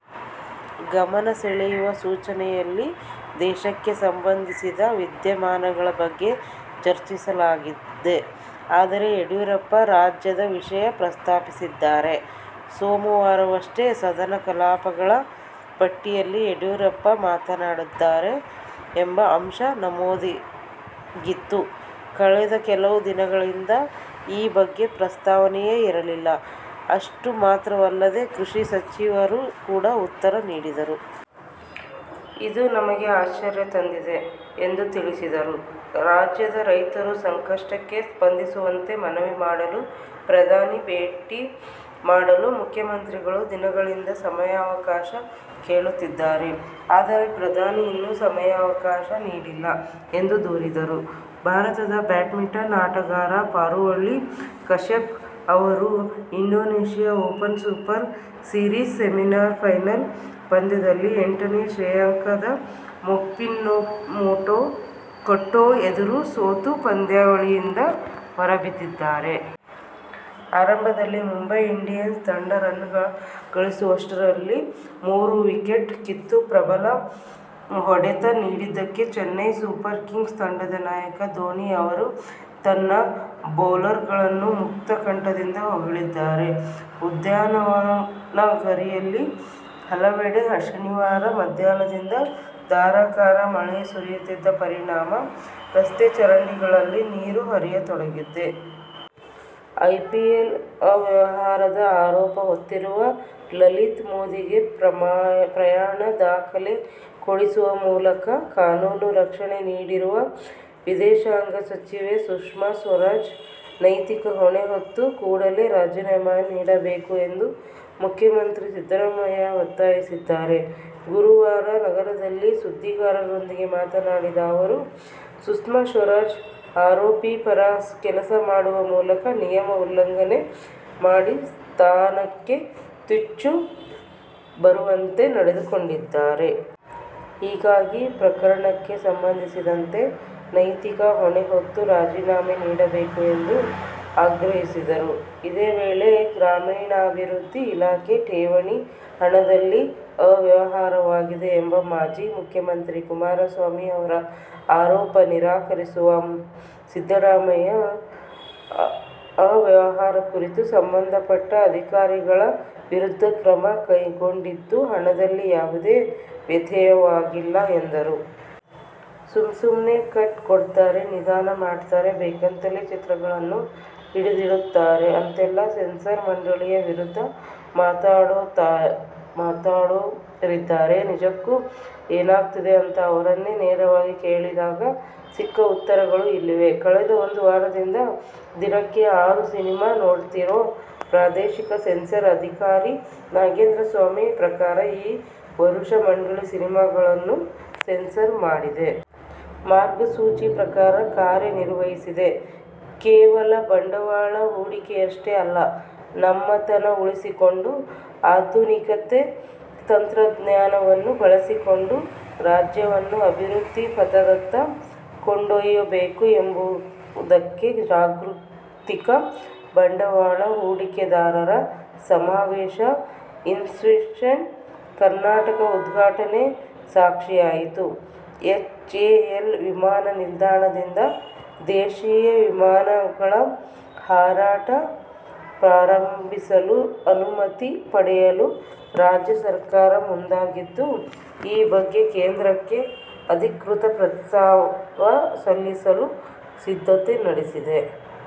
ಗಮನ ಸೆಳೆಯುವ ಸೂಚನೆಯಲ್ಲಿ ದೇಶಕ್ಕೆ ಸಂಬಂಧಿಸಿದ ವಿದ್ಯಮಾನಗಳ ಬಗ್ಗೆ ಚರ್ಚಿಸಲಾಗುತ್ತದೆ. ಆದರೆ ಯಡಿಯೂರಪ್ಪ ರಾಜ್ಯದ ವಿಷಯ ಪ್ರಸ್ತಾಪಿಸಿದ್ದಾರೆ. ಸೋಮವಾರವಷ್ಟೆ ಸದನ ಕಲಾಪಗಳ ಪಟ್ಟಿಯಲ್ಲಿ ಯಡಿಯೂರಪ್ಪ ಮಾತನಾಡುತ್ತಾರೆ ಎಂಬ ಅಂಶ ನಮೂದಾಗಿತ್ತು. ಕಳೆದ ಕೆಲವು ದಿನಗಳಿಂದ ಈ ಬಗ್ಗೆ ಪ್ರಸ್ತಾವನೆಯೇ ಇರಲಿಲ್ಲ. ಅಷ್ಟು ಮಾತ್ರವಲ್ಲದೆ ಕೃಷಿ ಸಚಿವರು ಕೂಡ ಉತ್ತರ ನೀಡಿದರು. ಇದು ನಮಗೆ ಅಶ್ಚರ್ಯ ತಂದಿದೆ ಎಂದು ತಿಳಿಸಿದರು. ರಾಜ್ಯದ ರೈತರ ಸಂಕಷ್ಟಕ್ಕೆ ಸ್ಪಂದಿಸುವಂತೆ ಮನವಿ ಮಾಡಲು ಪ್ರಧಾನಿ ಭೇಟಿ ಮಾಡಲು ಮುಖ್ಯಮಂತ್ರಿಗಳು ದಿನಗಳಿಂದ ಸಮಯವಕಾಶ ಕೇಳುತ್ತಿದ್ದಾರೆ. ಆದರೆ ಪ್ರಧಾನಿ ಇನ್ನೂ ಸಮಯ ಆವಕಾಶ ನೀಡಿಲ್ಲ ಎಂದು ದೂರಿದರು. ಭಾರತದ ಬ್ಯಾಡ್ಮಿಂಟನ್ ಆಟಗಾರ ಪಾರುಪಳ್ಳಿ ಕಶ್ಯಪ್ ಅವರು Indonesia open super series semifinal ಪಂದ್ಯದಲ್ಲಿ ಎಂಟನೆ ಶ್ರೇಯಾಂಕದ ಮೊಗ್ಪಿನ್ಯುಮೋಟ ಕೆಂಟೊ ಎದುರು ಸೋತು ಪಂದ್ಯಾವಳಿಯಿಂದ ಹೊರಬಿದ್ದಿದ್ದಾರೆ. ಆರಂಭದಲ್ಲಿ ಮುಂಬೈ ಇಂಡಿಯನ್ಸ್ ತಂಡ ರನ್ ಗಳಿಸುವಷ್ಟರಲ್ಲಿ ಮೂರು ವಿಕೆಟ್ ಕಿತ್ತು ಪ್ರಬಲ ಹೊಡೆತ ನೀಡಿದ್ದಕ್ಕೆ ಚೆನ್ನೈ ಸೂಪರ್ ಕಿಂಗ್ಸ್ ತಂಡದ ನಾಯಕ ಧೋನಿ ಅವರು ತನ್ನ ಬೌಲರ್ಗಳನ್ನು ಮುಕ್ತಕಂಠದಿಂದ ಹೊಗಳಿದ್ದಾರೆ. ಉದ್ಯಾನನಗರಿಯ ಹಲವೆಡೆ ಶನಿವಾರ ಮಧ್ಯಾಹ್ನದಿಂದ ಧಾರಾಕಾರ ಮಳೆ ಸುರಿಯುತ್ತಿದ್ದ ಪರಿಣಾಮ ರಸ್ತೆ, ಚರಂಡಿಗಳಲ್ಲಿ ನೀರು ಹರಿಯತೊಡಗಿದೆ. ಐಪಿಎಲ್ ಅವ್ಯವಹಾರದ ಆರೋಪ ಹೊತ್ತಿರುವ ಲಲಿತ್ ಮೋದಿಗೆ ಪ್ರಯಾಣ ದಾಖಲೆ ಕೊಡಿಸುವ ಮೂಲಕ ಕಾನೂನು ರಕ್ಷಣೆ ನೀಡಿರುವ ವಿದೇಶಾಂಗ ಸಚಿವೆ ಸುಷ್ಮಾ ಸ್ವರಾಜ್ ನೈತಿಕ ಹೊಣೆ ಹೊತ್ತು ಕೂಡಲೇ ರಾಜೀನಾಮೆ ನೀಡಬೇಕು ಎಂದು ಮುಖ್ಯಮಂತ್ರಿ ಸಿದ್ದರಾಮಯ್ಯ ಒತ್ತಾಯಿಸಿದ್ದಾರೆ. ಗುರುವಾರ ನಗರದಲ್ಲಿ ಸುದ್ದಿಗಾರರೊಂದಿಗೆ ಮಾತನಾಡಿದ ಅವರು, ಸುಷ್ಮಾ ಸ್ವರಾಜ್ ಆರೋಪಿ ಪರ ಕೆಲಸ ಮಾಡುವ ಮೂಲಕ ನಿಯಮ ಉಲ್ಲಂಘನೆ ಮಾಡಿ ಸ್ಥಾನಕ್ಕೆ ಚ್ಯುತಿ ಬರುವಂತೆ ನಡೆದುಕೊಂಡಿದ್ದಾರೆ. ಹೀಗಾಗಿ, ಪ್ರಕರಣಕ್ಕೆ ಸಂಬಂಧಿಸಿದಂತೆ ನೈತಿಕ ಹೊಣೆ ಹೊತ್ತು ರಾಜೀನಾಮೆ ನೀಡಬೇಕು ಎಂದು ಆಗ್ರಹಿಸಿದರು. ಇದೇ ವೇಳೆ ಗ್ರಾಮೀಣಾಭಿವೃದ್ಧಿ ಇಲಾಖೆ ಠೇವಣಿ ಹಣದಲ್ಲಿ ಅವ್ಯವಹಾರವಾಗಿದೆ ಎಂಬ ಮಾಜಿ ಮುಖ್ಯಮಂತ್ರಿ ಕುಮಾರಸ್ವಾಮಿ ಅವರ ಆರೋಪ ನಿರಾಕರಿಸಿರುವ ಸಿದ್ದರಾಮಯ್ಯ, ಅವ್ಯವಹಾರ ಕುರಿತು ಸಂಬಂಧಪಟ್ಟ ಅಧಿಕಾರಿಗಳ ವಿರುದ್ಧ ಕ್ರಮ ಕೈಗೊಂಡಿದ್ದು ಹಣದಲ್ಲಿ ಯಾವುದೇ ವ್ಯತ್ಯಯವಾಗಿಲ್ಲ ಎಂದರು. ಸುಮು ಸುಮ್ನೆ ಕಟ್ ಕೊಡ್ತಾರೆ. ನಿಧಾನ ಮಾಡ್ತಾರೆ. ಬೇಕಂತಲೇ ಚಿತ್ರಗಳನ್ನು ಹಿಡಿದಿಡುತ್ತಾರೆ ಅಂತೆಲ್ಲ ಸೆನ್ಸಾರ್ ಮಂಡಳಿಯ ವಿರುದ್ದ ಮಾತಾಡೋರಿದ್ದಾರೆ. ನಿಜಕ್ಕೂ ಏನಾಗ್ತಿದೆ ಅಂತ ಅವರನ್ನೇ ನೇರವಾಗಿ ಕೇಳಿದಾಗ ಸಿಕ್ಕ ಉತ್ತರಗಳು ಇಲ್ಲಿವೆ. ಕಳೆದ ಒಂದು ವಾರದಿಂದ ದಿನಕ್ಕೆ ಆರು ಸಿನಿಮಾ ನೋಡ್ತಿರೋ ಪ್ರಾದೇಶಿಕ ಸೆನ್ಸಾರ್ ಅಧಿಕಾರಿ ನಾಗೇಂದ್ರಸ್ವಾಮಿ ಪ್ರಕಾರ ಈ ವರುಷ ಮಂಡಳಿ ಸಿನಿಮಾಗಳನ್ನು ಸೆನ್ಸಾರ್ ಮಾಡಿದೆ. ಮಾರ್ಗಸೂಚಿ ಪ್ರಕಾರ ಕಾರ್ಯ ನಿರ್ವಹಿಸಿದೆ. ಕೇವಲ ಬಂಡವಾಳ ಹೂಡಿಕೆಯಷ್ಟೇ ಅಲ್ಲ, ನಮ್ಮತನ ಉಳಿಸಿಕೊಂಡು ಅತ್ಯಾಧುನಿಕ ತಂತ್ರಜ್ಞಾನವನ್ನೂ ಬಳಸಿಕೊಂಡು ರಾಜ್ಯವನ್ನು ಅಭಿವೃದ್ಧಿ ಪಥದತ್ತ ಕೊಂಡೊಯ್ಯಬೇಕು ಎಂಬುದಕ್ಕೆ ಜಾಗತಿಕ ಬಂಡವಾಳ ಹೂಡಿಕೆದಾರರ ಸಮಾವೇಶ "ಇನ್ವೆಸ್ಟ್ ಕರ್ನಾಟಕ- ' ಉದ್ಘಾಟನೆ ಸಾಕ್ಷಿಯಾಯಿತು. ಎಚ್ಎಎಲ್ ವಿಮಾನ ನಿಲ್ದಾಣ ದಿಂದ ದೇಶೀಯ ವಿಮಾನಗಳ ಹಾರಾಟ ಪ್ರಾರಂಭಿಸಲು ಅನುಮತಿ ಪಡೆಯಲು ರಾಜ್ಯ ಸರಕಾರ ಮುಂದಾಗಿದ್ದು, ಈ ಬಗ್ಗೆ ಕೇಂದ್ರಕ್ಕೆ ಅಧಿಕೃತ ಪ್ರಸ್ತಾವ ಸಲ್ಲಿಸಲು ಸಿದ್ಧತೆ ನಡೆಸಿದೆ.